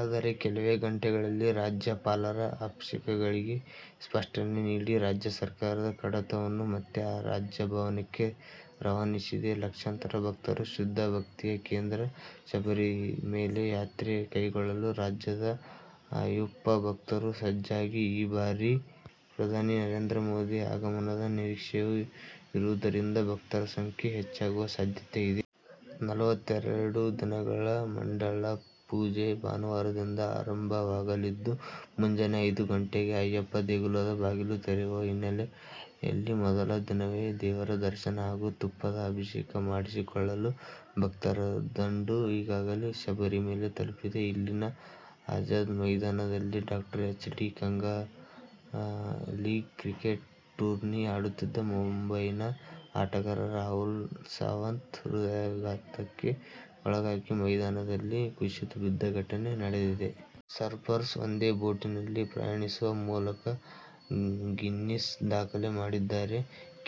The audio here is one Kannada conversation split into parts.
ಆದರೆ, ಕೆಲವೇ ಗಂಟೆಗಳಲ್ಲಿ ರಾಜ್ಯಪಾಲರ ಆಕ್ಷೇಪಗಳಿಗೆ ಸ್ಪಷ್ಟನೆ ನೀಡಿ ರಾಜ್ಯ ಸರ್ಕಾರ ಕಡತವನ್ನು ಮತ್ತೆ ರಾಜಭವನಕ್ಕೆ ರವಾನಿಸಿದೆ. ಲಕ್ಷಾಂತರ ಭಕ್ತರ ಶ್ರದ್ಧಾ-ಭಕ್ತಿಯ ಕೇಂದ್ರ ಶಬರಿಮಲೆ ಯಾತ್ರೆ ಕೈಗೊಳ್ಳಲು ರಾಜ್ಯದ ಅಯ್ಯಪ್ಪ ಭಕ್ತರು ಸಜ್ಜಾಗಿದ್ದು, ಈ ಬಾರಿ ಪ್ರಧಾನಿ ನರೇಂದ್ರ ಮೋದಿ ಆಗಮನದ ನಿರೀಕ್ಷೆಯೂ ಇರುವುದರಿಂದ ಭಕ್ತರ ಸಂಖ್ಯೆ ಹೆಚ್ಚಾಗುವ ಸಾಧ್ಯತೆಯಿದೆ. ನಲವತ್ತೆರಡು ದಿನಗಳ ಮಂಡಲಪೂಜೆ ಭಾನುವಾರದಿಂದ ಆರಂಭವಾಗಲಿದ್ದು, ಮುಂಜಾನೆ ಐದು ಗಂಟೆಗೆ ಅಯ್ಯಪ್ಪ ದೇಗುಲದ ಬಾಗಿಲು ತೆರೆಯುವ ಹಿನ್ನೆಲೆಯಲ್ಲಿ ಮೊದಲ ದಿನವೇ ದೇವರ ದರ್ಶನ ಹಾಗೂ ತುಪ್ಪದ ಅಭಿಷೇಕ ಮಾಡಿಸಿಕೊಳ್ಳಲು ಭಕ್ತರ ದಂಡು ಈಗಾಗಲೇ ಶಬರಿಮಲೆ ತಲುಪಿದೆ. ಇಲ್ಲಿನ ಅಜಾದ್ ಮೈದಾನದಲ್ಲಿ ಡಾ. H. D Kanga league cricket tourney ಆಡುತ್ತಿದ್ದ ಮುಂಬೈನ ಆಟಗಾರ ರಾಹುಲ್ ಸಾವಂತ್ ಹೃದಯಾಘಾತಕ್ಕೆ ಒಳಗಾಗಿ ಮೈದಾನದಲ್ಲಿ ಕುಸಿದು ಬಿದ್ದ ಘಟನೆ ನಡೆದಿದೆ. ಸರ್ಫರ್ಸ್ ಒಂದೇ ಬೋಟಿನಲ್ಲಿ ಪ್ರಯಾಣಿಸುವ ಮೂಲಕ ಗಿನ್ನೀಸ್ ದಾಖಲೆ ಮಾಡಿದ್ದಾರೆ.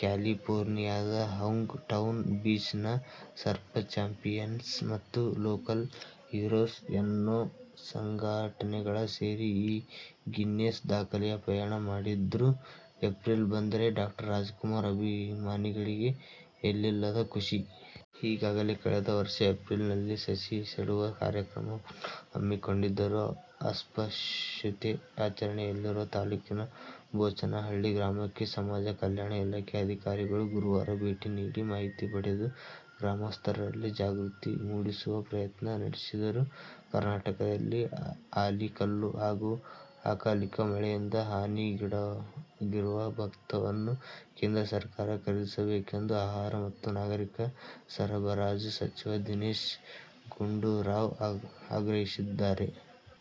ಕ್ಯಾಲಿಫೋರ್ನಿಯಾದ ಹೌಂಗ್ ಟೌನ್ ಬೀಚ್ ನ ಸರ್ಫ್ ಚಾಂಪಿಯನ್ಸ್ ಮತ್ತು ಲೋಕಲ್ ಹೀರೋಸ್ ಎನ್ನೋ ಸಂಘಟನೆಗಳು ಸೇರಿ ಈ ಗಿನ್ನೇಸ್ ದಾಖಲೆಯ ಪ್ರಯಾಣ ಮಾಡಿದ್ರು. ಏಪ್ರಿಲ್ ಬಂದರೆ ಡಾ. ರಾಜಕುಮಾರ್ ಅಭಿಮಾನಿಗಳಿಗೆ ಎಲ್ಲಿಲ್ಲದ ಖುಷಿ. ಈಗಾಗಲೇ ಕಳೆದ ವರ್ಷ ಏಪ್ರಿಲ್ ನಲ್ಲಿ ಸಸಿ ನೆಡುವ ಕಾರ್ಯಕ್ರಮವನ್ನು ಹಮ್ಮಿಕೊಂಡಿದ್ದರು. ಅಸ್ಪೃಶ್ಯತೆ ಆಚರಣೆಯಲ್ಲಿರುವ ತಾಲೂಕಿನ ಬೋಚನಹಳ್ಳಿ ಗ್ರಾಮಕ್ಕೆ ಸಮಾಜ ಕಲ್ಯಾಣ ಇಲಾಖೆ ಅಧಿಕಾರಿಗಳು ಗುರುವಾರ ಭೇಟಿ ನೀಡಿ ಮಾಹಿತಿ ಪಡೆದು, ಗ್ರಾಮಸ್ಥರಲ್ಲಿ ಜಾಗೃತಿ ಮೂಡಿಸುವ ಪ್ರಯತ್ನ ನಡೆಸಿದರು. ಕರ್ನಾಟಕದಲ್ಲಿ ಆಲಿಕಲ್ಲು ಹಾಗೂ ಅಕಾಲಿಕ ಮಳೆಯಿಂದ ಹಾನಿಗೀಡಾಗಿರುವ ಭತ್ತವನ್ನು ಕೇಂದ್ರ ಸರ್ಕಾರ ಖರೀದಿಸಬೇಕೆಂದು ಆಹಾರ ಮತ್ತು ನಾಗರಿಕ ಸರಬರಾಜು ಸಚಿವ ದಿನೇಶ್ ಗುಂಡೂರಾವ್ ಆಗ್ರಹಿಸಿದ್ದಾರೆ.